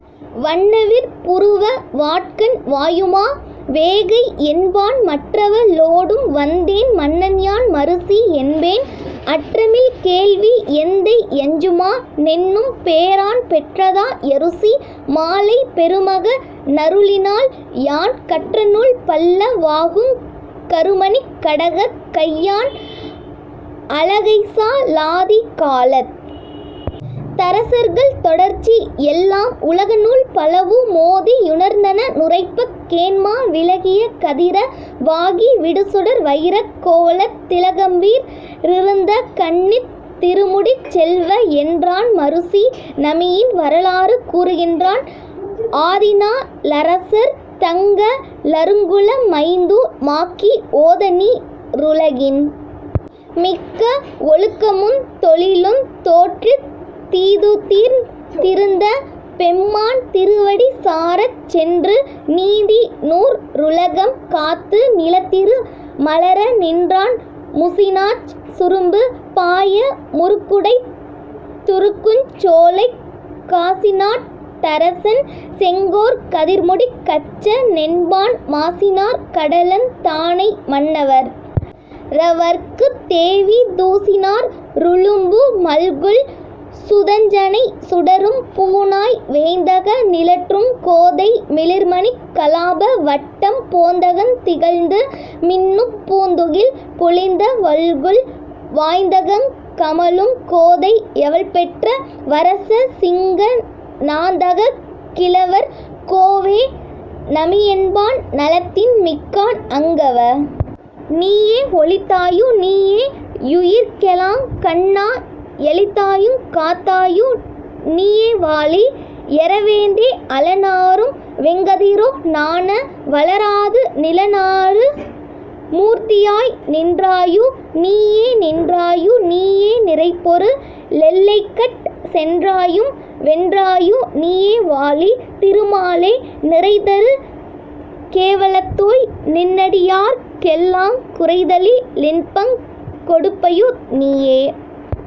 வண்ணவிற் புருவ வாட்கண் வாயுமா வேகை யென்பான் மற்றவ ளோடும் வந்தேன் மன்னன்யான் மருசி யென்பேன் அற்றமில் கேள்வி யெந்தை யஞ்சுமா னென்னும் பேரான் பெற்றதா யருசி மாலை பெருமக னருளினால் யான் கற்றநூல் பல்ல வாகுங் கருமணிக் கடகக் கையான் அலகைசா லாதி காலத் தரசர்கள் தொடர்ச்சி யெல்லாம் உலகநூல் பலவு மோதி யுணர்ந்தன னுரைப்பக் கேண்மோ விலகிய கதிர வாகி விடுசுடர் வயிரக் கோலத் திலகம்வீற் றிருந்த கண்ணித் திருமுடிச் செல்வ என்றான் மருசி நமியின் வரலாறு கூறுகின்றான் ஆதிநா ளரசர் தங்க ளருங்குல மைந்து மாக்கி ஓதநீ ருலகின் மிக்க வொழுக்கமுந் தொழிலுந் தோற்றித் தீதுதீர்ந் திருந்த பெம்மான் திருவடி சாரச் சென்று நீதி நூற் றுலகம் காத்து நிலத்திரு மலர நின்றான் முசிநாச் சுரும்பு பாய முருகுடைத் துருக்குஞ் சோலைக் காசிநாட் டரசன் செங்கோற் கதிர்முடிக் கச்ச னென்பான் மாசினாற் கடலந் தானை மன்னவற் றவற்குத் தேவி தூசினாற் றுளும்பு மல்குல் சுதஞ்சனை சுடரும் பூணாய் வேய்ந்தக நிழற்றுங் கோதை மிளிர்மணிக் கலாப வட்டம் போந்தகந் திகழ்ந்து மின்னுப் பூந்துகில் பொலிந்த வல்குல் வாய்ந்தகங் கமழுங் கோதை யவள்பெற்ற வரச சிங்க நாந்தகக் கிழவர் கோவே நமியென்பான் நலத்தின் மிக்கான் அங்கவ நீயே ஒளித்தாயு நீயே யுயிர்க்கெலாங் கண்ணா யளித்தாயுங் காத்தாயு நீயேவாழி யறவேந்தே அழனாறும் வெங்கதிரோ னாண வலராது நிழனாறு மூர்த்தியாய் நின்றாயு நீயே நின்றாயு நீயே நிறைபொரு ளெல்லைக்கட் சென்றாயும் வென்றாயு நீயேவாழி திருமாலே நிறைதரு கேவலத்தோய் நின்னடியார்க் கெல்லாங் குறைதலி லின்பங் கொடுப்பயு நீயே